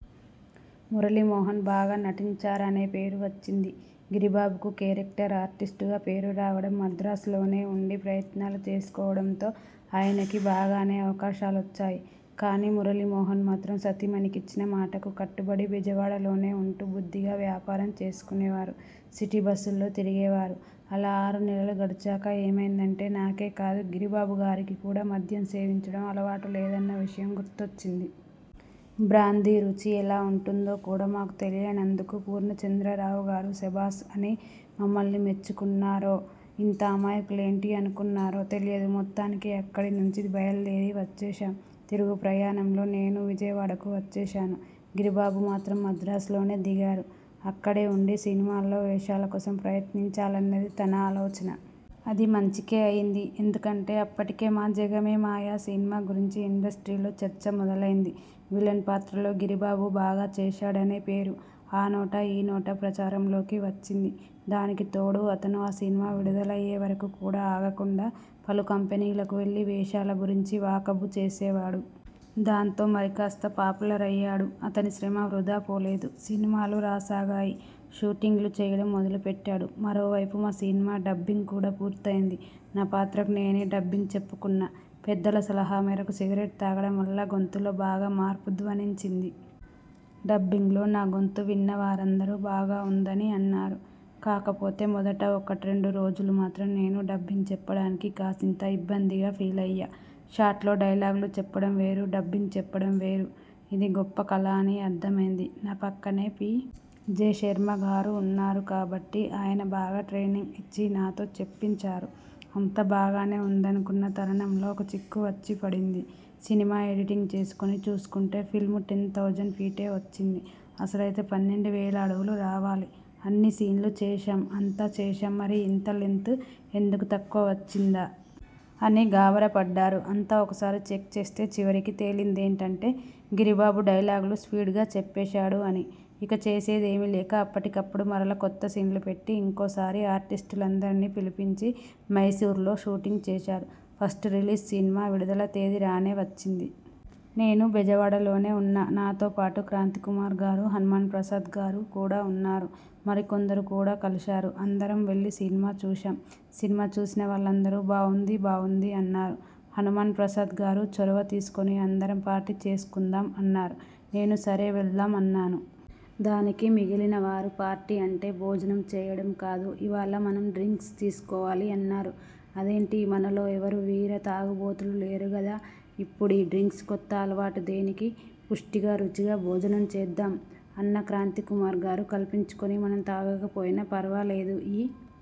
మురళీమోహన్ బాగా నటించారనే పేరు వచ్చింది. గిరిబాబుకు కేరక్టర్ ఆర్టిస్టుగా పేరు రావడం, మద్రాసులోనే ఉండి ప్రయత్నాలు చేసుకోవడంతో ఆయనకి బాగానే అవకాశాలొచ్చాయి. కానీ మురళీమోహన్ మాత్రం సతీమణికిచ్చిన మాటకు కట్టుబడి బెజవాడ లోనే ఉంటూ బుద్ధిగా వ్యాపారం చేసుకునేవారు. సిటీ బస్సుల్లో తిరిగేవారు. అలా ఆరునెలలు గడిచాక ఏమైందంటే నాకే కాదు గిరిబాబుగారికి కూడా మద్యం సేవించడం అలవాటులేదన్న విషయం గుర్తొచ్చింది. బ్రాందీ రుచి ఎలా ఉంటుందో కూడా మాకు తెలియనందుకు పూర్ణచంద్రరావుగారు 'సెబాసు' అని మమ్మల్ని మెచ్చుకున్నారో, 'ఇంత అమాయకులేంటి? ' అనుకున్నారో తెలియదు. మొత్తానికి అక్కడినుంచి బయలుదేరి వచ్చేశాం. తిరుగుప్రయాణంలో నేను విజయవాడకు వచ్చేశాను. గిరిబాబు మాత్రం మద్రాసులోనే దిగారు. అక్కడే ఉండి సినిమాల్లో వేషాలకోసం ప్రయత్నించాలన్నది తన ఆలోచన. అది మంచికే అయింది. ఎందుకంటే అప్పటికే మా 'జగమే మాయ' సినిమా గురించి ఇండస్ట్రీ లో చర్చ మొదలైంది. విలన్ పాత్రలో గిరిబాబు బాగా చేశాడనే పేరు ఆ నోటా ఈ నోటా ప్రచారంలోకి వచ్చింది. దానికి తోడు అతను ఆ సినిమా విడుదలయ్యే వరకు కూడా ఆగకుండా, పలు కంపెనీలకు వెళ్లి వేషాల గురించి వాకబు చేసేవాడు. దాంతో మరికాస్త పాపులర్ అయ్యాడు. అతని శ్రమ వృథా పోలేదు. సినిమాలు రాసాగాయి. షూటింగ్లు చేయడం మొదలు పెట్టాడు. మరోవైపు మా సినిమా డబ్బింగ్ కూడా పూర్తయింది. నా పాత్రకు నేనే డబ్బింగ్ చెప్పుకున్నా. పెద్దల సలహా మేరకు సిగరెట్ తాగడం వల్ల గొంతులో బాగా మార్పు ధ్వనించింది. డబ్బింగ్లో నా గొంతు విన్నవారందరూ బాగా ఉందని అన్నారు. కాకపోతే మొదట ఒకట్రెండు రోజులు మాత్రం నేను డబ్బింగ్ చెప్పడానికి కాసింత ఇబ్బందిగా ఫీలయ్యా. షాట్లో డైలాగులు చెప్పడం వేరు డబ్బింగ్ చెప్పడం వేరు. ఇది గొప్ప కళ అని అర్థమైంది. నా పక్కనే పి. జె. శర్మగారు ఉన్నారు కాబట్టి, ఆయన బాగా ట్రైనింగ్ ఇచ్చి నాతో చెప్పించారు. అంతా బాగానే ఉందనుకున్న తరుణంలో ఒక చిక్కు వచ్చి పడింది. సినిమా ఎడిటింగ్ చేసుకుని చూసుకుంటే ఫిల్మ్ టెన్ థౌజండ్ ఫీటే వచ్చింది. అసలైతే పన్నెండు వేల అడుగులు రావాలి. 'అన్ని సీన్లు చేశాం, అంతా చేశాం, మరి ఇంత లెంగ్త్ ఎందుకు తక్కువ వచ్చిందా? ' అని గాబరాపడ్డారు. అంతా ఒకసారి చెక్ చేస్తే చివరికి తేలిందేంటంటే, 'గిరిబాబు డైలాగులు స్పీడ్గా చెప్పేశాడు' అని. ఇక చేసేదేమీ లేక అప్పటికప్పుడు మరలా కొత్తసీన్లు పెట్టి ఇంకోసారి ఆర్టిస్టులందరినీ పిలిపించి మైసూర్లో షూటింగ్ చేశారు. ఫస్ట్ రిలీజ్ సినిమా విడుదల తేదీ రానే వచ్చింది. నేను బెజవాడలోనే ఉన్నా. నాతో పాటు క్రాంతికుమార్గారు, హనుమాన్ ప్రాసాద్గారు కూడా ఉన్నారు. మరికొందరు కూడా కలిశారు. అందరం వెళ్లి సినిమా చూశాం. సినిమా చూసిన వాళ్లందరూ 'బావుంది బావుంది' అన్నారు. హనుమాన్ ప్రసాద్ గారు చొరవ తీసుకుని 'అందరం పార్టీ చేసుకుందాం' అన్నారు. నేను 'సరే వెళ్దాం' అన్నాను. దానికి మిగిలినవారు 'పార్టీ అంటే భోజనం చేయడం కాదు, ఇవాళ మనం డ్రింక్స్ తీసుకోవాలి' అన్నారు. 'అదేంటీ, మనలో ఎవరూ వీర తాగుబోతులు లేరు గదా, ఇప్పుడీ డ్రింక్స్ కొత్త అలవాటు దేనికీ? పుష్టిగా రుచిగా భోజనం చేద్దాం' అన్నా. క్రాంతికుమార్గారు కల్పించుకుని మనం తాగకపోయినా ఫర్వాలేదు, ఈ